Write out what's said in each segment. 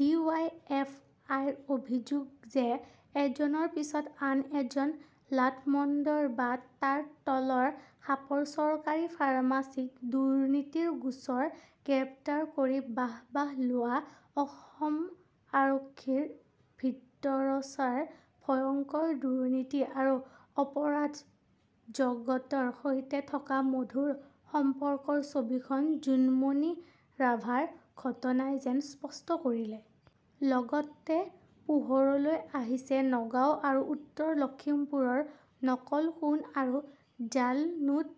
D Y F আইৰ অভিযোগ যে এজনৰ পিছত আন এজন লাট মণ্ডল বা তাৰ তলৰ খাপৰ চৰকাৰী কৰ্মচাৰীক দুৰ্নীতিৰ গোচৰত গ্ৰেপ্তাৰ কৰি বাহ বাহ লোৱা অসম আৰক্ষীৰ ভিতৰচৰাৰ ভয়ংকৰ দুৰ্নীতি আৰু অপৰাধ জগতৰ সৈতে থকা মধুৰ সম্পৰ্কৰ ছবিখন জোনমণি ৰাভাৰ ঘটনাই যেন স্পষ্ট কৰিলে। লগতে পোহৰলৈ আহিছে নগাঁও আৰু উত্তৰ লক্ষীমপুৰৰ নকল সোণ আৰু জাল নোট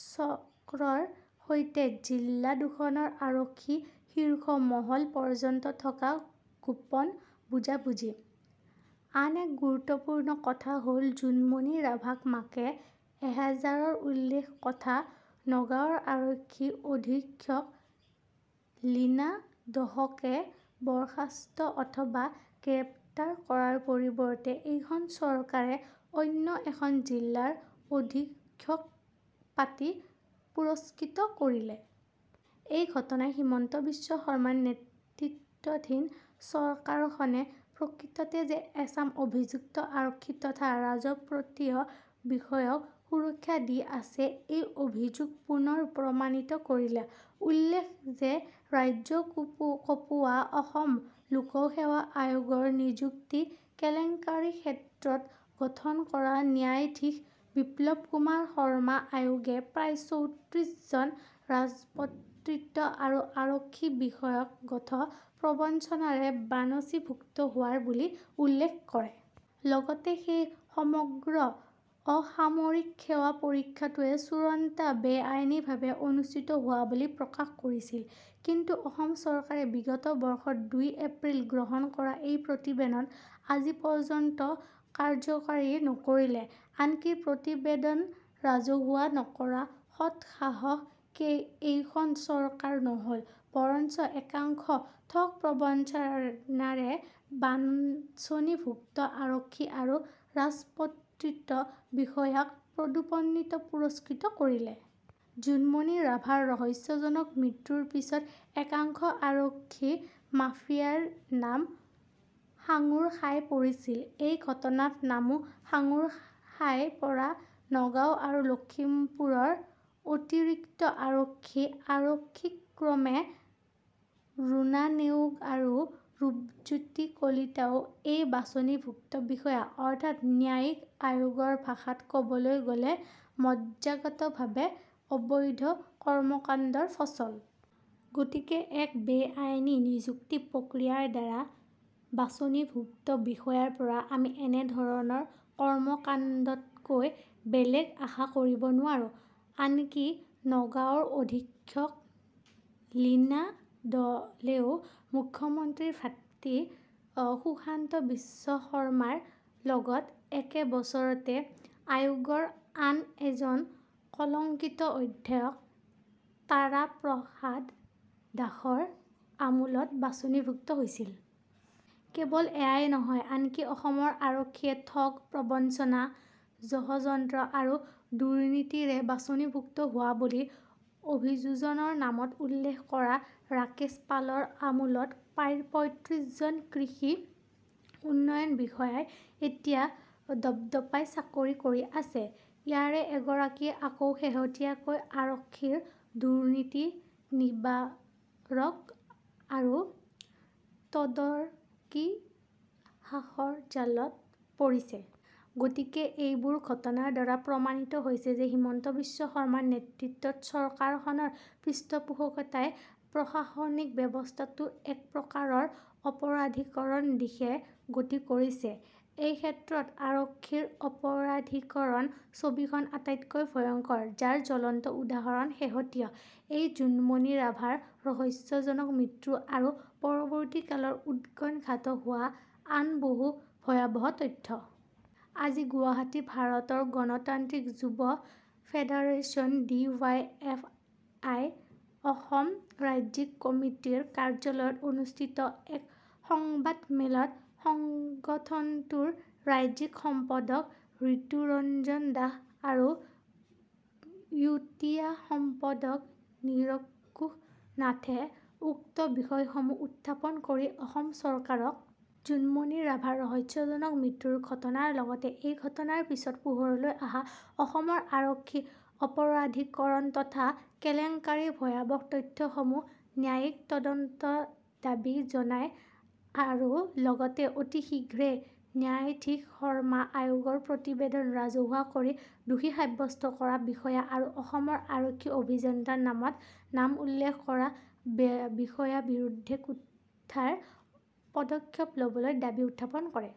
চক্ৰৰ সৈতে জিলা দুখনৰ আৰক্ষীৰ শীৰ্ষ মহল পৰ্যন্ত থকা গোপন বুজাবুজি। আন এক গুৰুত্বপূৰ্ণ কথা হল জোনমণি ৰাভাৰ মাকে এজাহাৰত উল্লেখ কৰা নগাঁৱৰ আৰক্ষী অধীক্ষক লীনা দলেক বৰ্খাস্ত অথবা গ্ৰেপ্তাৰ কৰাৰ পৰিৱৰ্তে এইখন চৰকাৰে অন্য এখন জিলাৰ অধীক্ষক পাতি পুৰস্কৃতহে কৰিলে। এই ঘটনাই হিমন্ত বিশ্ব শৰ্মা নেতৃত্বাধীন চৰকাৰখনে প্ৰকৃততে যে এচাম অভিযুক্ত আৰক্ষী তথা ৰাজপত্ৰিত বিষয়াক সুৰক্ষা দি আহিছে, সেই অভিযোগ পুনৰ প্ৰমাণিত কৰিলে। উল্লেখ্য যে ৰাজ্য কঁপোৱা অসম লোকসেৱা আয়োগৰ নিযুক্তি কেলেংকাৰীৰ ক্ষেত্ৰত গঠন কৰা ন্যায়াধীশ বিপ্লৱ কুমাৰ শৰ্মা আয়োগে প্ৰায় চৌত্ৰিশ জন ৰাজপত্ৰিত আৰু আৰক্ষী বিষয়াক ঠগ প্ৰবঞ্চনাৰে বাছনিভুক্ত হোৱা বুলি উল্লেখ কৰে। লগতে সেই সমগ্ৰ অসামৰিক সেৱা পৰীক্ষাটোৱেই চূড়ান্ত বেআইনীভাৱে অনুষ্ঠিত হোৱা বুলি প্ৰকাশ কৰিছিল। কিন্তু অসম চৰকাৰে বিগত বৰ্ষৰ দুই এপ্ৰিলত গ্ৰহণ কৰা এই প্ৰতিবেদন আজিপৰ্যন্ত কাৰ্যকৰী নকৰিলে। আনকি প্ৰতিবেদন ৰাজহুৱা কৰাৰ সৎ সাহস এইখন চৰকাৰৰ নহল, বৰং একাংশ ঠগ প্ৰবঞ্চনাৰে বাছনিভুক্ত আৰক্ষী আৰু ৰাজপত্ৰিত বিষয়াক পদোন্নতিৰে পুৰস্কৃত কৰিলে। জোনমণি ৰাভাৰ ৰহস্যজনক মৃত্যুৰ পিছত একাংশ আৰক্ষী মাফিয়াৰ নাম সাঙোৰ খাই পৰিছে। এই ঘটনাত নাম সাঙোৰ খাই পৰা নগাঁও আৰু লক্ষীমপুৰৰ অতিৰিক্ত আৰক্ষী অধীক্ষক ক্ৰমে ৰুণা নেওগ আৰু ৰূপজ্যোতি কলিতাও এই বাছনিভুক্ত বিষয়া, অৰ্থাৎ ন্যায়িক আয়োগৰ ভাষাত কবলৈ গলে মজ্জাগতভাৱে অবৈধ কৰ্মকাণ্ডৰ ফচল। গতিকে এক বেআইনী নিযুক্তি প্ৰক্ৰিয়াৰ দ্বাৰা বাছনিভুক্ত বিষয়াৰ পৰা আমি এনেধৰণৰ কৰ্মকাণ্ডতকৈ বেলেগ আশা কৰিব নোৱাৰো। আনকি নগাঁৱৰ অধীক্ষক লীনা দলেও মুখ্যমন্ত্ৰীৰ ভাতৃ সুশান্ত বিশ্ব শৰ্মাৰ লগত একে বছৰতে আয়োগৰ আন এজন কলংকিত অধ্যক্ষ তাৰাপ্ৰসাদ দাসৰ আমোলত বাছনিভুক্ত হৈছিল। কেৱল এয়াই নহয়, আনকি অসম আৰক্ষীয়ে ঠগ, প্ৰবঞ্চনা, ষড়যন্ত্ৰ আৰু দুৰ্নীতিৰে বাছনিভুক্ত হোৱা বুলি অভিযোগনামাত উল্লেখ কৰা ৰাকেশ পালৰ আমোলৰ পয়ঁত্ৰিশ জন কৃষি উন্নয়ন বিষয়াই এতিয়া দপদপাই চাকৰি কৰি আছে। ইয়াৰে এগৰাকী আকৌ শেহতীয়াকৈ আৰক্ষীৰ দুৰ্নীতি নিবাৰক আৰু তদাৰকী শাখাৰ জালত পৰিছে। গতিকে এইবোৰ ঘটনাৰ দ্বাৰা প্ৰমাণিত হৈছে যে হিমন্ত বিশ্ব শৰ্মা নেতৃত্বাধীন চৰকাৰখনৰ পৃষ্ঠপোষকতাতেই প্ৰশাসনিক ব্যৱস্থাটো একপ্ৰকাৰৰ অপৰাধীকৰণৰ দিশে গতি কৰিছে। এইক্ষেত্ৰত আৰক্ষীৰ অপৰাধীকৰণৰ ছবিখন আটাইতকৈ ভয়ংকৰ, যাৰ জ্বলন্ত উদাহৰণ শেহতীয়া এই জোনমণি ৰাভাৰ ৰহস্যজনক মৃত্যু আৰু পৰৱৰ্তীকালত উদ্ঘাটন হোৱা আন বহু ভয়াবহ তথ্য। আজি গুৱাহাটীৰ ভাৰতৰ গণতান্ত্ৰিক যুৱ federation D Y F I Assam ৰাজ্যিক কমিটিৰ কাৰ্যালয়ত অনুষ্ঠিত এক সংবাদমেলত সংগঠনটোৰ ৰাজ্যিক সম্পাদক ৰিতুৰঞ্জন দাস আৰু যুটীয়া সম্পাদক নিৰংকুশ নাথে উক্ত বিষয়সমূহ উত্থাপন কৰি অসম চৰকাৰক জোনমণি ৰাভাৰ ৰহস্যজনক মৃত্যুৰ ঘটনাৰ লগতে এই ঘটনাৰ পিছত পোহৰলৈ অহা অসম আৰক্ষীৰ অপৰাধীকৰণ তথা কেলেংকাৰীৰ ভয়াবহ তথ্যসমূহৰ ন্যায়িক তদন্তৰ দাবী জনায় আৰু লগতে অতি শীঘ্ৰেই ন্যায়াধীশ শৰ্মা আয়োগৰ প্ৰতিবেদন ৰাজহুৱা কৰি দোষী সাব্যস্ত কৰা বিষয়া আৰু অসম আৰক্ষীয়ে অভিযোগনামাত নাম উল্লেখ কৰা বিষয়াৰ বিৰুদ্ধে কঠোৰ পদক্ষেপ লবলৈ দাবী উত্থাপন কৰে।